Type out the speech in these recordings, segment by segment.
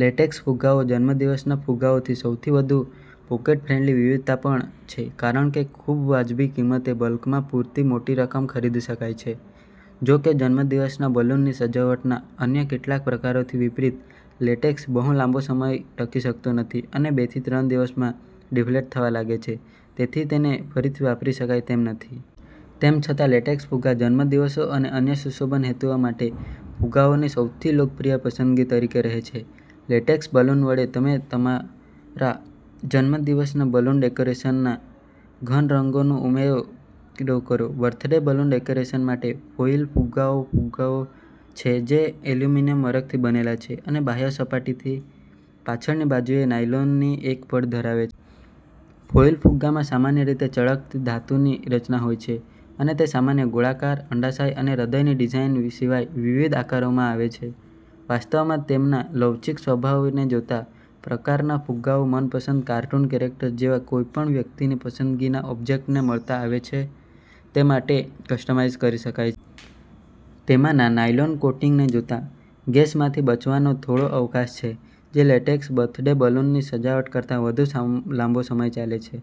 Latex ફુગ્ગાઓ જન્મદિવસના ફુગ્ગાઓની સૌથી વધુ પોકેટ-ફ્રેંડલી વિવિધતા પણ છે કારણ કે ખૂબવાજબી કિંમતે બલ્કમાં પૂરતી મોટી રકમ ખરીદી શકાય છે. જો કે, જન્મદિવસના બલૂનની સજાવટના અન્ય કેટલાક પ્રકારોથી વિપરીત, લેટેક્સ બહુ લાંબો સમય ટકી શકતો નથી અને બેથી ત્રણ દિવસમાં ડિફ્લેટ થવા લાગે છે, તેથી તેને ફરીથી વાપરી શકાય તેમ નથી. તેમ છતાં, લેટેક્સ ફુગ્ગા જન્મદિવસો અને અન્ય સુશોભન હેતુઓ માટે ફુગ્ગાઓની સૌથી લોકપ્રિય પસંદગી તરીકે રહે છે. લેટેક્સ બલૂન વડે તમારા જન્મદિવસના બલૂન ડેકોરેશનમાં ઘન રંગોનો ઉમેરો કરોબર્થડે બલૂન ડેકોરેશન માટે ફોઇલ ફુગ્ગાફુગ્ગાઓ છે જે એલ્યુમિનિયમ વરખથી બનેલા છે અને બાહ્ય સપાટીની પાછળની બાજુએ નાયલોનની એક પડ ધરાવે છે. ફોઇલ ફુગ્ગામાં સામાન્ય રીતે ચળકતી, ધાતુની રચના હોય છે અને તે સામાન્ય ગોળાકાર, અંડાશય અને હૃદયની ડિઝાઇન સિવાય વિવિધ આકારોમાં આવે છે. વાસ્તવમાં, તેમના લવચીક સ્વભાવને જોતાં, પ્રકારના ફુગ્ગાઓ મનપસંદ કાર્ટૂન કેરેક્ટર જેવા કોઈ પણ વ્યક્તિની પસંદગીના ઑબ્જેક્ટને મળતા આવે તે માટે કસ્ટમાઇઝ કરી શકાય છે. તેમાંના નાયલોન કોટિંગને જોતાં, ગેસમાંથી બચવાનો થોડો અવકાશ છે, જે લેટેક્સ બર્થડે બલૂનની સજાવટ કરતાં વધુ લાંબો સમય ચાલે છે.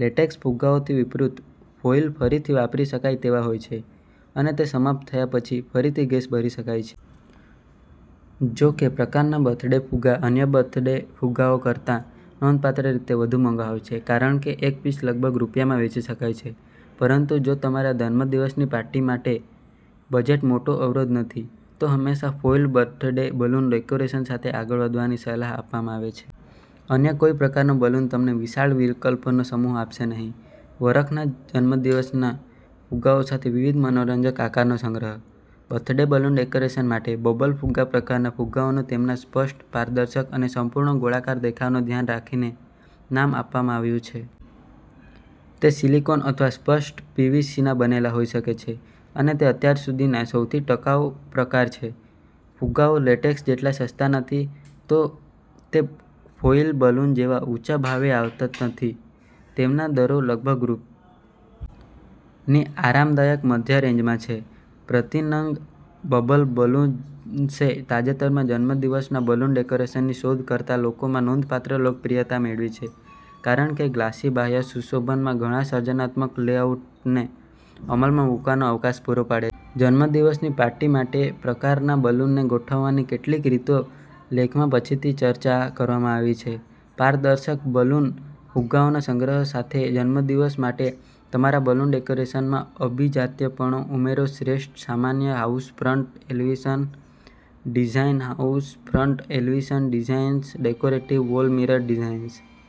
લેટેક્સ ફુગ્ગાઓથી વિપરીત, ફોઇલ ફરીથી વાપરી શકાય તેવા હોય છે અને તે સમાપ્ત થયા પછી ફરીથી ગેસથી ભરાઈ શકે છે. જો કે, પ્રકારના બર્થડે ફુગ્ગા અન્ય બર્થડે ફુગ્ગાઓ કરતાં નોંધપાત્ર રીતે વધુ મોંઘા હોય છે, કારણ કે એક પીસ લગભગ રૂ. માં વેચી શકાય છે. પરંતુ જો તમારા જન્મદિવસની પાર્ટી માટે બજેટ મોટો અવરોધ નથી, તો હંમેશા ફોઇલ બર્થડે બલૂન ડેકોરેશન સાથે આગળ વધવાની સલાહ આપવામાં આવે છે. અન્ય કોઈ પ્રકારનો બલૂન તમને વિશાળ વિકલ્પોનો સમૂહ આપશે નહીં. વરખના જન્મદિવસના ફુગ્ગાઓ સાથે વિવિધ મનોરંજક આકારોનો સંગ્રહ. બર્થડે બલૂન ડેકોરેશન માટે બબલ ફુગ્ગાપ્રકારના ફુગ્ગાઓને તેમના સ્પષ્ટ, પારદર્શક અને સંપૂર્ણ ગોળાકાર દેખાવને ધ્યાનમાં રાખીને નામ આપવામાં આવ્યું છે. તે સિલિકોન અથવા સ્પષ્ટ પીવીસીના બનેલા હોઈ શકે છે અને તે અત્યાર સુધીના સૌથી ટકાઉ પ્રકાર છે. ફુગ્ગાઓ લેટેક્સ જેટલા સસ્તા નથી, તો તે ફોઈલ બલૂન જેવા ઊંચા ભાવે આવતા નથીતેમના દરો લગભગ રૂ. ની આરામદાયક મધ્ય રેન્જમાં છે. પ્રતિ નંગ. બબલ બલૂન્સે તાજેતરમાં જન્મદિવસના બલૂન ડેકોરેશનની શોધ કરતા લોકોમાં નોંધપાત્ર લોકપ્રિયતા મેળવી છે કારણ કે ગ્લાસી બાહ્ય સુશોભનમાં ઘણા સર્જનાત્મક લેઆઉટને અમલમાં મૂકવાનો અવકાશ પૂરો પાડે છે. જન્મદિવસની પાર્ટી માટેપ્રકારના બલૂનને ગોઠવવાની કેટલીક રીતો લેખમાં પછીથી ચર્ચા કરવામાં આવી છે. પારદર્શક બબલ ફુગ્ગાઓના સંગ્રહ સાથે જન્મદિવસ માટે તમારા બલૂન ડેકોરેશનમાં અભિજાત્યપણુ ઉમેરો શ્રેષ્ઠ સામાન્ય house front elevation designs house front elevation designs, decorative wall mirror designs